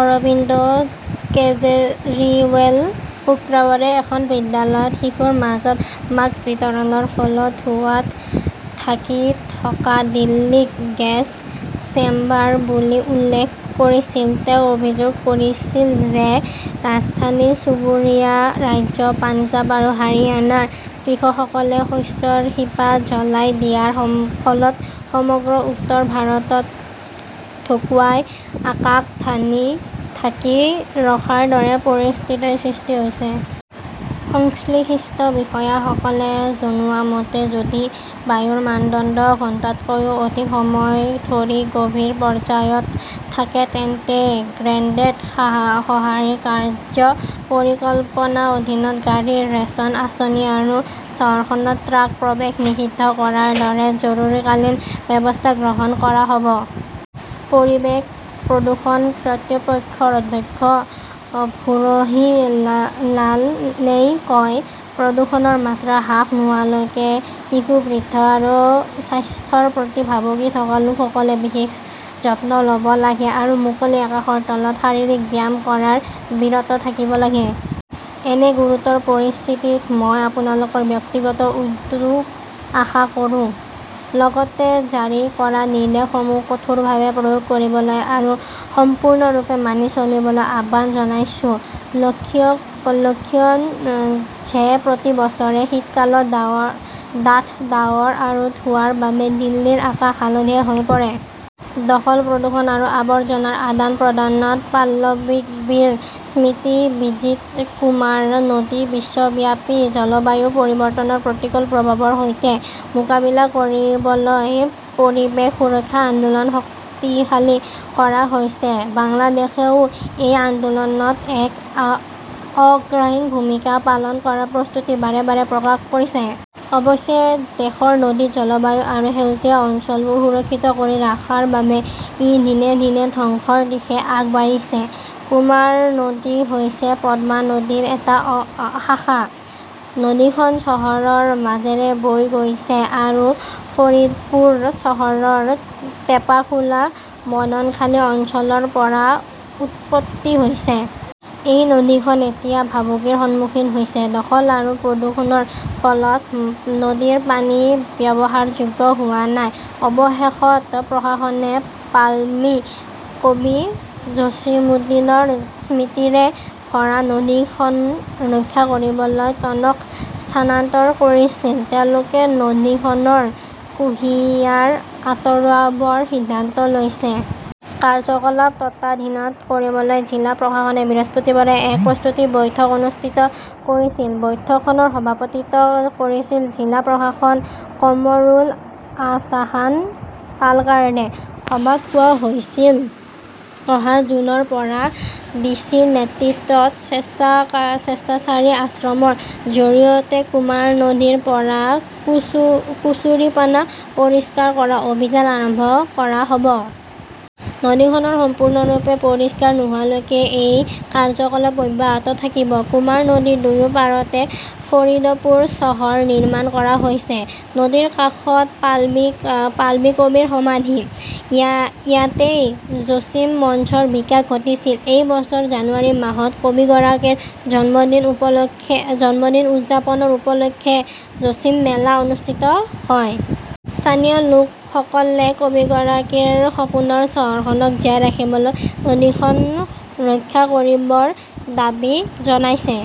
অৰবিন্দ কেজৰিৱালে শুকুৰবাৰে এখন বিদ্যালয়ত শিশুৰ মাজত মাস্ক বিতৰণৰ সময়ত ধোঁৱাত ঢাকি থকা দিল্লীক গেছ চেম্বাৰ বুলি উল্লেখ কৰিছিল। তেওঁ অভিযোগ কৰিছিল যে ৰাজধানীৰ চুবুৰীয়া ৰাজ্য পঞ্জাৱ আৰু হাৰিয়ানাৰ কৃষকসকলে শস্যৰ শিপা জ্বলাই দিয়াৰ ফলত সমগ্ৰ উত্তৰ ভাৰতত ধোঁৱাই আকাশ ঢাকি ৰখাৰ দৰে পৰিস্থিতিৰ সৃষ্টি হৈছে। সংশ্লিষ্ট বিষয়াসকলে জনোৱা মতে, যদি বায়ুৰ মানদণ্ড ঘণ্টাতকৈও অধিক সময় ধৰি গম্ভীৰ পৰ্যায়ত থাকে তেন্তে গ্ৰেডেড সঁহাৰি কাৰ্য্য পৰিকল্পনাৰ অধীনত গাড়ী ,ৰেচন আঁচনি আৰু চহৰখনত ট্ৰাক প্ৰৱেশ নিষিদ্ধ কৰাৰ দৰে জৰুৰীকালীন ব্যৱস্থা গ্ৰহণ কৰা হ 'ব। পৰিৱেশ প্ৰদূষণ কৰ্তৃপক্ষৰ অধ্যক্ষ ভুহৰী লালই কয় প্ৰদূষণৰ মাত্ৰা হ্ৰাস নোহোৱালৈকে শিশু, বৃদ্ধ আৰু স্বাস্থ্যৰ প্ৰতি ভাবুকি থকা লোকসকলে বিশেষ যত্ন ল'ব লাগে আৰু মুকলি আকাশৰ তলত শাৰীৰিক ব্যায়াম কৰাৰ পৰা বিৰত থাকিব লাগে। এনে গুৰুতৰ পৰিস্থিতিত মই আপোনাৰ ব্যক্তিগত উদ্যোগ আশা কৰোঁ। লগতে, জাৰি কৰা নিৰ্দেশনাসমূহ কঠোৰভাৱে প্ৰয়োগ কৰিবলৈ আৰু সম্পূৰ্ণৰূপে মানি চলিবলৈ আহ্বান জনাইছো। লক্ষণীয় যে প্ৰতি বছৰে শীতকালত ডাঠ ডাৱৰ আৰু ধোঁৱাৰ বাবে দিল্লীৰ আকাশ হালধীয়া হৈ পৰে। দখল প্ৰদূষণ আৰু আৱৰ্জনাৰ আদান-প্ৰদানত পল্লিকবীৰ স্মৃতি-বিজিত কুমাৰ নদী বিশ্বব্যাপী জলবায়ু পৰিৱৰ্তনৰ প্ৰতিকূল প্ৰভাৱৰ সৈতে মোকাবিলা কৰিবলৈ পৰিৱেশ সুৰক্ষা আন্দোলন শক্তিশালী কৰা হৈছে। বাংলাদেশেও এই আন্দোলনত এক অগ্ৰণী ভূমিকা পালন কৰাৰ প্ৰতিশ্ৰুতি বাৰে -বাৰে প্ৰকাশ কৰিছে। অৱশ্যে দেশৰ নদী, জলাশয় বা সেউজীয়া অঞ্চলবোৰ সুৰক্ষিত কৰি ৰখাৰ পৰা ই দিনে- দিনে ধ্বংসৰ দিশে আগবাঢ়িছে। কুমাৰ নদী হৈছে পদ্মা নদীৰ এটা শাখা। নদীখন চহৰখনৰ মাজেৰে বৈ গৈছে আৰু ফৰিদপুৰ চহৰৰ টেপাখোলা মদনখালী অঞ্চলৰ পৰা উৎপত্তি হৈছে। এই নদীখন এতিয়া ভাবুকিৰ সন্মুখীন হৈছে। দখল আৰু প্ৰদূষণৰ ফলত নদীখনৰ পানী ব্যৱহাৰযোগ্য হোৱা নাই। অৱশেষত প্ৰশাসনে পল্লিকবী জছিমুদ্দিনৰ স্মৃতিৰে ভৰা নদীখন ৰক্ষা কৰিবলৈ টনক স্থানান্তৰ কৰিছিল। তেওঁলোকে নদীখনৰ কুঁহিয়াৰ আঁতৰোৱাৰ সিদ্ধান্ত লৈছে। কাৰ্যকলাপ ত্বৰান্বিত কৰিবলৈ জিলা প্ৰশাসনে বৃহস্পতিবাৰে এক প্ৰস্তুতি বৈঠক অনুষ্ঠিত কৰিছিল। বৈঠকখনৰ সভাপতিত্ব কৰিছিল জিলা প্ৰশাসক কামৰুল আহছান তালকাৰ্ডে। সভাত কোৱা হৈছিল অহা জুনৰ পৰা ডি চি ৰ নেতৃত্বত স্বেচ্ছাচাৰী আশ্ৰমৰ জৰিয়তে কুমাৰ নদীৰ পৰা কুচুৰিপানা পৰিষ্কাৰ কৰা অভিযান আৰম্ভ কৰা হ' ব। নদীখন সম্পূৰ্ণৰূপে পৰিষ্কাৰ নোহোৱালৈকে এই কাৰ্যকলাপ অব্যাহত থাকিব। কুমাৰ নদীৰ দুয়ো পাৰতে ফৰিদপুৰ চহৰ নিৰ্মাণ কৰা হৈছে। নদীৰ কাষত পল্লিকবীৰ সমাধি। ইয়াতেই জছিম মঞ্চৰ বিকাশ ঘটিছিল। প্ৰতি বছৰে জানুৱাৰী মাহত কবিগৰাকীৰ জন্মদিন উদযাপনৰ উপলক্ষে জছিম মেলা অনুষ্ঠিত হয়। স্থানীয় লোকসকলে কবিগৰাকীৰ সপোনৰ চহৰখন জীয়াই ৰাখিবলৈ নদীখন ৰক্ষা কৰাৰ দাবী জনাইছে।